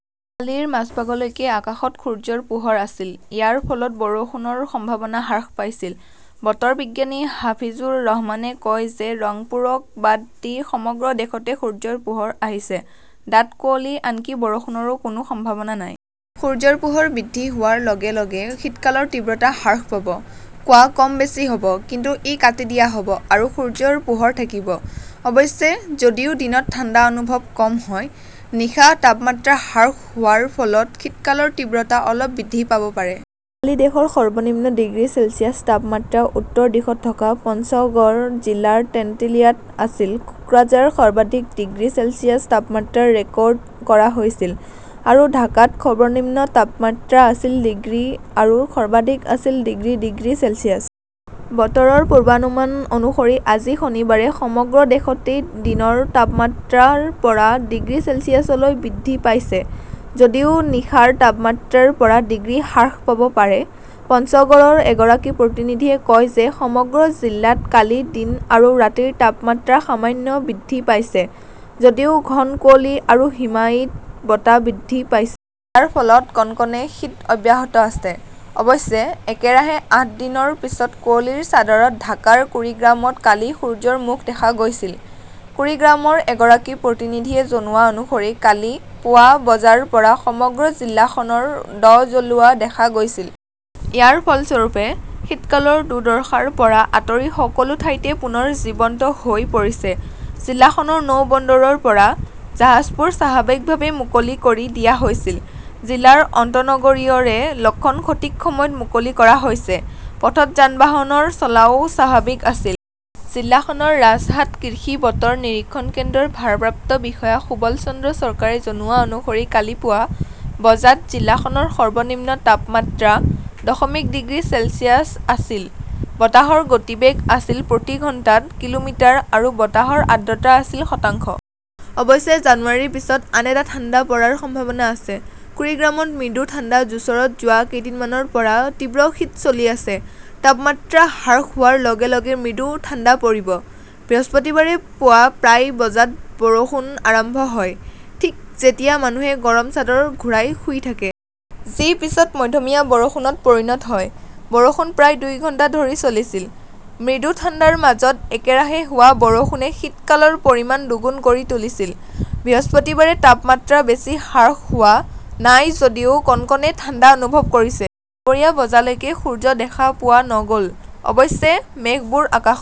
কালিৰ মাজভাগলৈকে আকাশত সূৰ্যৰ পোহৰ আছিল; ইয়াৰ ফলত বৰষুণৰ সম্ভাৱনা হ্ৰাস পাইছিল। বতৰ বিজ্ঞানী হাফিজুৰ ৰহমানে কয় যে ৰাংপুৰক বাদ দি সমগ্ৰ দেশতে সূৰ্যৰ পোহৰ আহিছে। ডাঠ কুঁৱলী, আনকি বৰষুণৰো কোনো সম্ভাৱনা নাই। সূৰ্যৰ পোহৰ বৃদ্ধি হোৱাৰ লগে লগে শীতকালৰ তীব্ৰতা হ্ৰাস পাব। কুৱা কম বেছি হ "ব, কিন্তু ই কাটি দিয়া হ" ব আৰু সূৰ্যৰ পোহৰ থাকিব। অৱশ্যে, যদিও দিনত ঠাণ্ডা অনুভৱ কম হয়, নিশা তাপমাত্ৰা হ্ৰাস হোৱাৰ ফলত শীতকালৰ তীব্ৰতা অলপ বৃদ্ধি পাব পাৰে। কালি দেশৰ সৰ্বনিম্ন ডিগ্ৰী চেলছিয়াছ তাপমাত্ৰা উত্তৰ দিশত থকা পঞ্চগড় জিলাৰ তেন্তুলিয়াত আছিল। কক্সবাঝাৰত সৰ্বাধিক ডিগ্ৰী চেলছিয়াছ তাপমাত্ৰা ৰেকৰ্ড কৰা হৈছিল। আৰু ঢাকাত সৰ্বনিম্ন তাপমাত্ৰা আছিল ডিগ্ৰী আৰু সৰ্বাধিক আছিল ডিগ্ৰী ডিগ্ৰী চেলছিয়াছ। বতৰৰ পূৰ্বানুমান অনুসৰি আজি শনিবাৰে সমগ্ৰ দেশতে দিনৰ তাপমাত্ৰা ৰ পৰা ডিগ্ৰী চেলছিয়াছলৈ বৃদ্ধি পাইছে যদিও নিশাৰ তাপমাত্ৰা ৰ পৰা ডিগ্ৰী হ্ৰাস পাব পাৰে। পঞ্চগড়ৰ এগৰাকী প্ৰতিনিধিয়ে কয় যে সমগ্ৰ জিলাত কালি দিন আৰু ৰাতিৰ তাপমাত্ৰা সামান্য বৃদ্ধি পাইছে যদিও ঘন কুঁৱলী আৰু হিমায়িত বতাহ বৃদ্ধি পাইছে। ইয়াৰ ফলত কনকনে শীত অব্যাহত আছে। অৱশ্যে, একেৰাহে আঠ দিনৰ পিছত কুঁৱলীৰ চাদৰত ঢাকাৰ কুৰিগ্ৰামত কালি সূৰ্যৰ মুখ দেখা গৈছিল। কুৰিগ্ৰামৰ এগৰাকী প্ৰতিনিধিয়ে জনোৱা অনুসৰি কালি পুৱা বজাৰ পৰা সমগ্ৰ জিলাখনে ৰ 'দ জ্বলোৱা দেখা গৈছিল। ইয়াৰ ফলস্বৰূপে, শীতকালৰ দুৰ্দশাৰ পৰা আঁতৰি সকলো ঠাইতে পুনৰ জীৱন্ত হৈ পৰিছে। জিলাখনৰ নৌ বন্দৰৰ পৰা জাহাজবোৰ স্বাভাৱিকভাৱেই মুকলি কৰি দিয়া হৈছিল। জিলাৰ আন্তঃ নগৰীয় ৰে "লখন সঠিক সময়ত মুকলি কৰা হৈছে। পথত যান-বাহনৰ চলাচলও স্বাভাৱিক আছিল। জিলাখনৰ ৰাজাৰহাট কৃষি বতৰ নিৰীক্ষণ কেন্দ্ৰৰ ভাৰপ্ৰাপ্ত বিষয়া সুবল চন্দ্ৰ চৰকাৰে জনোৱা অনুসৰি কালি পুৱা বজাত জিলাখনৰ সৰ্বনিম্ন তাপমাত্ৰা দশমিক ডিগ্ৰী চেলছিয়াছ আছিল। বতাহৰ গতিবেগ আছিল প্ৰতি ঘণ্টাত কিলোমিটাৰ আৰু বতাহৰ আৰ্দ্ৰতা আছিল শতাংশ। অৱশ্যে জানুৱাৰীৰ পিছত আন এটা ঠাণ্ডা পৰাৰ সম্ভাৱনা আছে। কুৰিগ্ৰামত মৃদু ঠাণ্ডা যোছৰত যোৱা কেইদিনমানৰ পৰা তীব্ৰ শীত চলি আছে। তাপমাত্ৰা হ্ৰাস হোৱাৰ লগে লগে মৃদু ঠাণ্ডা পৰিব। বৃহস্পতিবাৰে পুৱা প্ৰায় বজাত বৰষুণ আৰম্ভ হয়, ঠিক যেতিয়া মানুহে গৰমৰ চাদৰ ঘূৰাই শুই থাকে। যি পিছত মধ্যমীয়া বৰষুণত পৰিণত হয়। বৰষুণ প্ৰায় দুই ঘণ্টা ধৰি চলিছিল। মৃদু ঠাণ্ডাৰ মাজত একেৰাহে হোৱা বৰষুণে শীতকালৰ পৰিমাণ দুগুণ কৰি তুলিছিল। বৃহস্পতিবাৰে তাপমাত্ৰা বেছি হ্ৰাস হোৱা নাই যদিও কনকনে ঠাণ্ডা অনুভৱ কৰিছে। দুপৰীয়া বজালৈকে সূৰ্য দেখা পোৱা নগ "ল। অৱশ্যে, মেঘবোৰ আকাশত